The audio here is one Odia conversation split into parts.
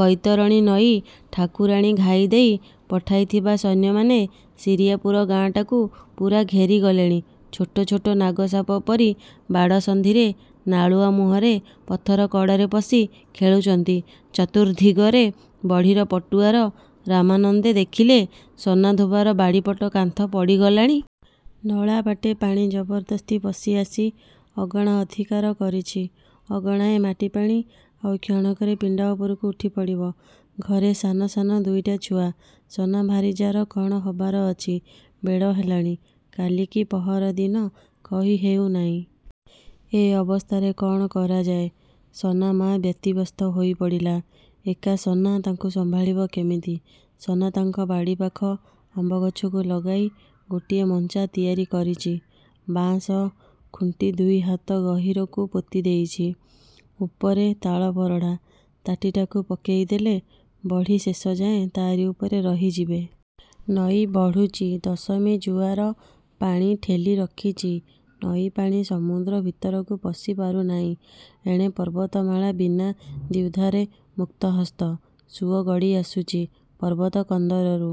ବୈତରଣୀ ନଈ ଠାକୁରାଣୀ ଘାଇ ଦେଇ ପଠାଇଥିବା ସୈନ୍ୟମାନେ ଶିରିଆପୁର ଗାଁ'ଟାକୁ ପୂରା ଘେରି ଗଲେଣି। ଛୋଟ ଛୋଟ, ନାଗ ସାପ ପରି ବାଡ଼-ସନ୍ଧିରେ ନାଳୁଆ ମୁହଁରେ, ପଥର କଡ଼ରେ ପଶି ଖେଳୁଛନ୍ତି। ଚତୁର୍ଦ୍ଦିଗରେ ବଢ଼ିର ପଟୁଆର। ରାମାନନ୍ଦେ ଦେଖିଲେ–ସନା ଧୋବାର ବାଡ଼ିପଟ କାନ୍ଥ ପଡ଼ିଗଲାଣି। ନଳାବାଟେ ପାଣି ଜବରଦସ୍ତି ପଶିଆସି ଅଗଣା ଅଧିକାର କରିଚି। ଅଗଣାଏ ମାଟିପାଣି। ଆଉ କ୍ଷଣକରେ ପିଣ୍ଡା ଉପରକୁ ଉଠିପଡ଼ିବ। ଘରେ ସାନ ସାନ ଦୁଇଟା ଛୁଆ। ସନା ଭାରିଜାର କଣ ହବାର ଅଛି। ବେଳ ହେଲାଣି; କାଲି କି ପହରି ଦିନ କହି ହେଉ ନାଇଁ। ଏ ଅବସ୍ଥାରେ କଣ କରାଯାଏ? ସନା-ମା ବ୍ୟତିବ୍ୟସ୍ତ ହୋଇପଡ଼ିଲା। ଏକା ସନା, ତାଙ୍କୁ ସମ୍ଭାଳିବ କେମିତି। ସନା ତାଙ୍କ ବାଡ଼ିପାଖ ଆମ୍ବଗଛକୁ ଲଗାଇ ଗୋଟିଏ ମଞ୍ଚା ତିଆରି କରୁଚି। ବାଆଁଶ ଖୁଣ୍ଟି ଦୁଇ ହାତ ଗହୀରକୁ ପୋତି ଦେଇଚି। ଉପରେ ତାଳ ବରଡ଼ା ତାଟିଟାକୁ ପକେଇ ଦେଲେ ବଢ଼ି ଶେଷଯାଏଁ ତା'ରି ଉପରେ ରହିଯିବେ। ନଈ ବଢ଼ୁଚି। ଦଶମୀ ଜୁଆର ପାଣି ଠେଲି ରଖିଚି। ନଈପାଣି ସମୁଦ୍ର ଭିତରକୁ ପଶି ପାରୁନାଇଁ। ଏଣେ ପର୍ବତମାଳା ବିନା ଦ୍ୱିଧାରେ ମୁକ୍ତହସ୍ତ। ସୁଅ ଗଡ଼ି ଆସୁଚି ପର୍ବତ କନ୍ଦରରୁ।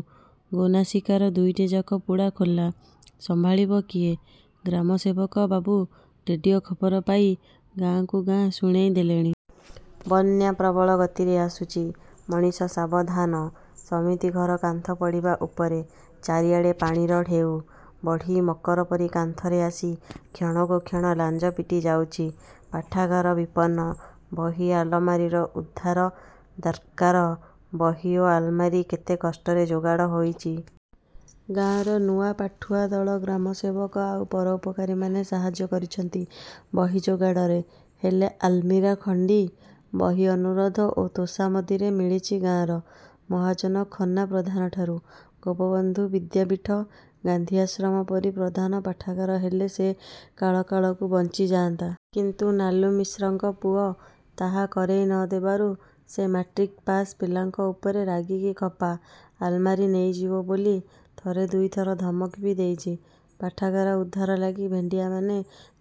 ଗୋନାସିକାର ଦୁଇଟିଯାକ ପୁଡ଼ା ଖୋଲା। ସମ୍ଭାଳିବ କିଏ? ଗ୍ରାମସେବକ ବାବୁ ରେଡ଼ିଓ ଖବର ପାଇ ଗାଁକୁ ଗାଁ ଶୁଣେଇ ଦେଲେଣି। ବନ୍ୟା ପ୍ରବଳ ଗତିରେ ଆସୁଚି; ମଣିଷ ସାବଧାନ। ସମିତି ଘର କାନ୍ଥ ପଡ଼ିବା ଉପରେ। ଚାରିଆଡ଼େ ପାଣିର ଢେଉ। ବଢ଼ି ମକର ପରି କାନ୍ଥରେ ଆସି କ୍ଷଣକୁ କ୍ଷଣ ଲାଞ୍ଜ ପିଟି ଯାଉଚି। ପାଠାଗାର ବିପନ୍ନ। ବହି ଆଲମାରୀର ଉଦ୍ଧାର ଦର୍କାର। ବହି ଓ ଆଲମାରୀ କେତେ କଷ୍ଟରେ ଯୋଗାଡ଼ ହୋଇଚି। ଗାଁର ନୂଆ ପାଠୁଆଦଳ, ଗ୍ରାମସେବକ, ଆଉ ପରୋପକାରୀମାନେ ସାହାଯ୍ୟ କରିଛନ୍ତି ବହି ଯୋଗଡ଼ରେ। ହେଲେ, ଆଲ୍ମିରା ଖଣ୍ଡି ବହୁ ଅନୁରୋଧ ଓ ତୋଷାମଦିରେ ମିଳିଚି ଗାଁର। ମହାଜନ ଖନା ପଧାନଠାରୁ। ଗୋପବନ୍ଧୁ ବିଦ୍ୟାପୀଠ, ଗାନ୍ଧୀ ଆଶ୍ରମ ପରି ପଧାନ ପାଠାଗାର ହେଲେ ସେ କାଳ କାଳକୁ ବଞ୍ଚିଯାଆନ୍ତା। କିନ୍ତୁ ନାଲୁମିଶ୍ରଙ୍କ ପୁଅ ତାହା କରେଇ ନଦେବାରୁ ସେ ମାଟ୍ରିକ୍ ପାସ୍ ପିଲାଙ୍କ ଉପରେ ରାଗିକି ଖପ୍ପା। ଆଲ୍ମାରୀ ନେଇଯିବ ବୋଲି ଥରେ ଦୁଇଥର ଧମକ ବି ଦେଇଚି। ପାଠାଗାର ଉଦ୍ଧାର ଲାଗି ଭେଣ୍ଡିଆମାନେ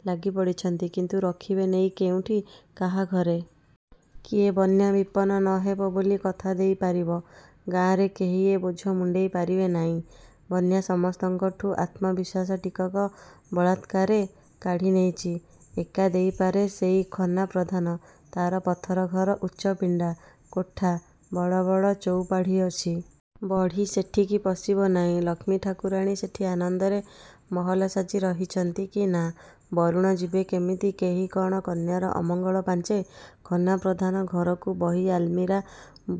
ଲାଗି ପଡ଼ିଛନ୍ତି। କିନ୍ତୁ, ରଖିବେ ନେଇ କେଉଁଠି? କାହା ଘରେ? କିଏ ବନ୍ୟା-ବିପନ୍ନ ନହେବ ବୋଲି କଥା ଦେଇପାରିବ? ଗାଁରେ କେହି ଏ ବୋଝ ମୁଣ୍ଡେଇ ପାରିବେ ନାଇଁ। ବନ୍ୟା ସମସ୍ତଙ୍କଠୁଁ ଆତ୍ମବିଶ୍ୱାସ ଟିକକ ବଳାତ୍କାରେ କାଢ଼ି ନେଇଚି। ଏକା ଦେଇପାରେ ସେଇ ଖନା ପଧାନ। ତାର ପଥର ଘର ଉଚ୍ଚ ପିଣ୍ଡା, କୋଠା। ବଡ଼ ବଡ଼ ଚଉପାଢ଼ୀ ଅଛି। ବଢ଼ି ସେଠିକି ପଶିବ ନାଇଁ। ଲକ୍ଷ୍ମୀ ଠାକୁରାଣୀ ସେଠି ଆନନ୍ଦରେ ମହଲସାଜି ରହିଛନ୍ତି କି ନା, ବରୁଣ ଯିବେ କେମିତି କେହି କଣ କନ୍ୟାର ଅମଙ୍ଗଳ ପାଞ୍ଚେ। ଖନା ପଧାନ ଘରକୁ ବହି ଆଲ୍ମିରା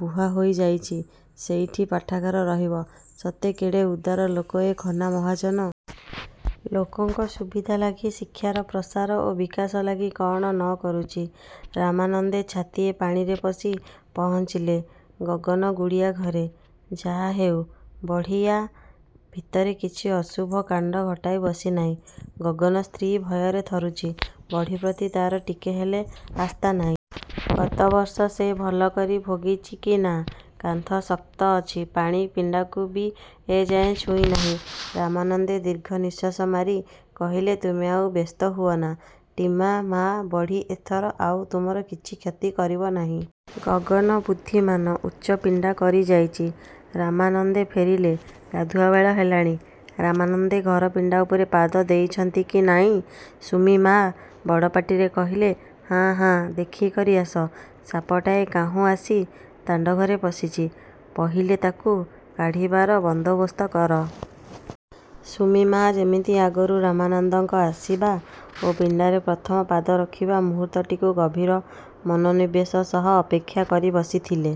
ବୁହା ହୋଇ ଯାଉଚି। ସେଇଠି ପାଠାଗାର ରହିବ। ସତେ କେଡ଼େ ଉଦାର ଲୋକ ଏ ଖନା ମହାଜନ। ଲୋକଙ୍କ ସୁବିଧା ଲାଗି ଶିକ୍ଷାର ପ୍ରସାର ଓ ବିକାଶ ଲାଗି କଣ ନ କରୁଛି? ରାମାନନ୍ଦେ ଛାତିଏ ପାଣିରେ ପଶି ପହଞ୍ଚିଲେ ଗଗନ ଗୁଡ଼ିଆ ଘରେ। ଯା'ହେଉ–ବଢ଼ି ୟା' ଭିତରେ କିଛି ଅଶୁଭ କାଣ୍ଡ ଘଟାଇ ବସିନାଇଁ। ଗଗନ ସ୍ତ୍ରୀ ଭୟରେ ଥରୁଚି। ବଢ଼ି ପ୍ରତି ତାର ଟିକେ ହେଲେ ଆସ୍ଥା ନାଇଁ। ଗତବର୍ଷ ସେ ଭଲ କରି ଭୋଗିଚି କି ନା? କାନ୍ଥ ଶକ୍ତ ଅଛି। ପାଣି ପିଣ୍ଡାକୁ ବି ଏ ଯାଏଁ ଛୁଇଁ ନାହିଁ। ରାମାନନ୍ଦେ ଦୀର୍ଘ ନିଶ୍ୱାସମାରି କହିଲେ–ତୁମେ ଆଉ ବ୍ୟସ୍ତ ହୁଅନା ଟିମା-ମା। ବଢ଼ି ଏଥର ଆଉ ତୁମର କିଛି କ୍ଷତି କରିବ ନାହିଁ। ଗଗନ ବୁଦ୍ଧିମାନ। ଉଚ୍ଚ ପିଣ୍ଡା କରିଯାଇଚି। ରାମାନନ୍ଦେ ଫେରିଲେ। ଗାଧୁଆବେଳ ହେଲାଣି। ରାମାନନ୍ଦେ ଘର ପିଣ୍ଡା ଉପରେ ପାଦ ଦେଇଛନ୍ତି କି ନାଇଁ ସୁମି-ମା ବଡ଼ ପାଟିରେ କହିଲେ–ହାଁ-ହାଁ ଦେଖି କରି ଆସ। ସାପଟାଏ କାହୁଁ ଆସି ଦାଣ୍ଡଘରେ ପଶିଚି। ପହିଲେ ତାକୁ କାଢ଼ିବାର ବନ୍ଦୋବସ୍ତ କର। ସୁମି-ମା ଯେମିତି ଆଗରୁ ରାମନନ୍ଦଙ୍କ ଆସିବା ଓ ପିଣ୍ଡାରେ ପ୍ରଥମ-ପାଦ ରଖିବା ମୁହୂର୍ତ୍ତଟିକୁ ଗଭୀର ମନୋନିବେଶ ସହ ଅପେକ୍ଷା କରି ବସିଥିଲେ।